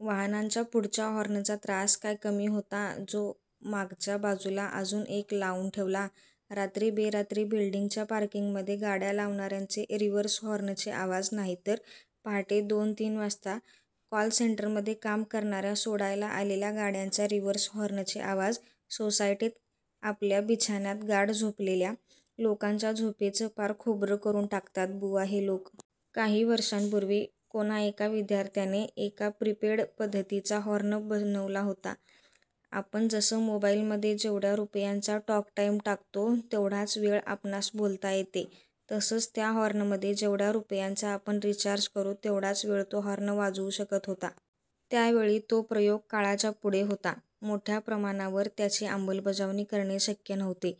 वाहनांच्या पुढच्या हॉर्नचा त्रास काय कमी होता जो मागच्या बाजूला अजून एक लाऊन ठेवला. रात्री बेरात्री बिल्डिंगच्या पार्किंगमध्ये गाडया लावणाऱ्यांचे रिव्हर्स हॉर्नचे आवाज, नाहीतर पहाटे दोन तीन वाजता कॉलसेंटरमध्ये काम करणार्यांना सोडायला आलेल्या गाड्यांच्या रिव्हर्स हॉर्नचे आवाज, सोसायटीत आपल्या बिछान्यात गाढ झोपलेल्या लोकांच्या झोपेचं पार खोबरं करून टाकतात बुवा हे लोक! काही वर्षांपूर्वी कोणा एका विद्यार्थ्याने एक प्रिपेड पद्धतीचा हॉर्न बनवला होता. आपण जसं मोबाईलमध्ये जेवढ्या रुपयांचा टॉकटाईम टाकतो तेवढाच वेळ आपणांस बोलता येते. तसंच त्या हॉर्नमध्ये जेवढ्या रुपयांचा आपण रिचार्ज करू, तेवढाच वेळ तो हॉर्न वाजू शकत होता. त्यावेळी तो प्रयोग काळाच्या पुढे होता. मोठ्या प्रमाणावर त्याची अंमलबजावणी करणे शक्य नव्हते.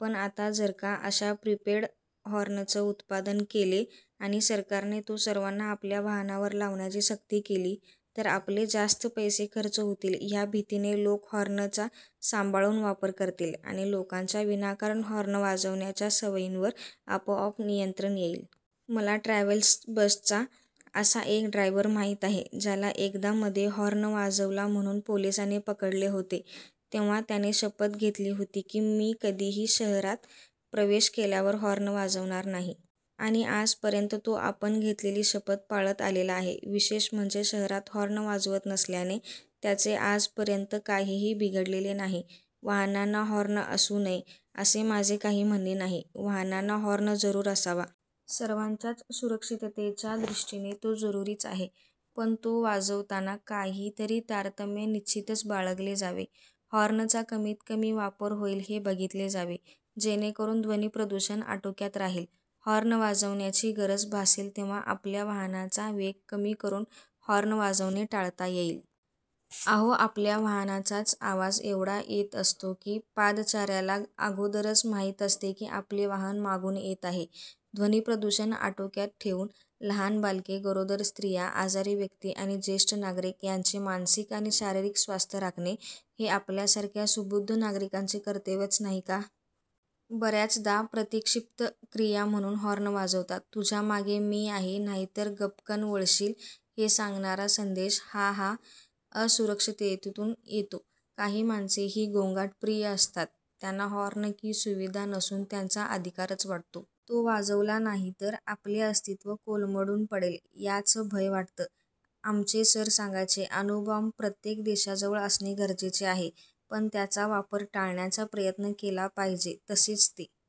पण आता जरका अशा प्रीपेड हॉर्नचं उत्पादन केले आणि सरकारने तो सर्वांना आपल्या वाहनावर लावण्याची सक्ती केली, तर आपले जास्त पैसे खर्च होतील ह्या भीतीने लोकं हॉर्नचा सांभाळून वापर करतील आणि लोकांच्या विनाकारण हॉर्न वाजवण्याच्या सवयींवर आपोआप नियंत्रण येईल. मला ट्रॅव्हलस् बसचा असा एक ड्रायव्हर माहित आहे, ज्याला एकदा '' मध्ये हॉर्न वाजवला म्हणून पोलिसाने पकडले होते. तेव्हा त्याने शपथ घेतली होती कि मी कधीही शहरात प्रवेश केल्यावर हॉर्न वाजवणार नाही. आणि आजपर्यंत तो आपण घेतलेली शपथ पाळत आलेला आहे. विशेष म्हणजे, शहरात हॉर्न वाजवत नसल्याने त्याचे आजपर्यंत काहीही बिघडलेले नाही. वाहनांना हॉर्न असूच नये असे माझे काही म्हणणे नाही. वाहनांना हॉर्न जरूर असावा. सर्वांच्याच सुरक्षिततेच्या दृष्टीने तो जरुरीच आहे. पण तो वाजवताना काहीतरी तारतम्य निश्चितच बाळगले जावे. हॉर्नचा कमीतकमी वापर होईल हे बघितले जावे, जेणेकरून ध्वनीप्रदूषण आटोक्यात राहील. हॉर्न वाजवण्याची गरज भासेल तेव्हा आपल्या वाहनाचा वेग कमी करून हॉर्न वाजवणे टाळता येईल. अहो, आपल्या वाहनाचाच आवाज एवढा येत असतो कि पादचाऱ्याला अगोदरच माहित असते कि आपले वाहन मागून येत आहे. ध्वनीप्रदूषण आटोक्यात ठेऊन, लहान बालके, गरोदर स्त्रिया, आजारी व्यक्ती आणि ज्येष्ठ नागरिक यांचे मानसिक आणि शारीरिक स्वास्थ्य राखणे हे आपल्यासारख्या सुबुद्ध नागरिकांचे कर्तव्यच नाही का? बर्याचदा प्रतिक्षिप्त क्रिया म्हणुन हॉर्न वाजवतात. तुझ्या मागे मी आहे नाहीतर गपकन वळशील हे सांगणारा संदेश हा हा असुरक्षिततेतुन येतो. काही माणसे ही गोंगाटप्रिय असतात त्यांना हॉर्न ही सुविधा नसुन त्यांचा अधिकारच वाटतो. तो वाजवला नाही तर आपले अस्तित्व कोलमडून पडेल याच भय वाटत. आमचे सर सांगायचे अणुबॉम्ब प्रत्येक देशाजवळ असणे गरजेचे आहे, पण त्याचा वापर टाळण्याचा प्रयत्न केला पाहिजेतसेच ते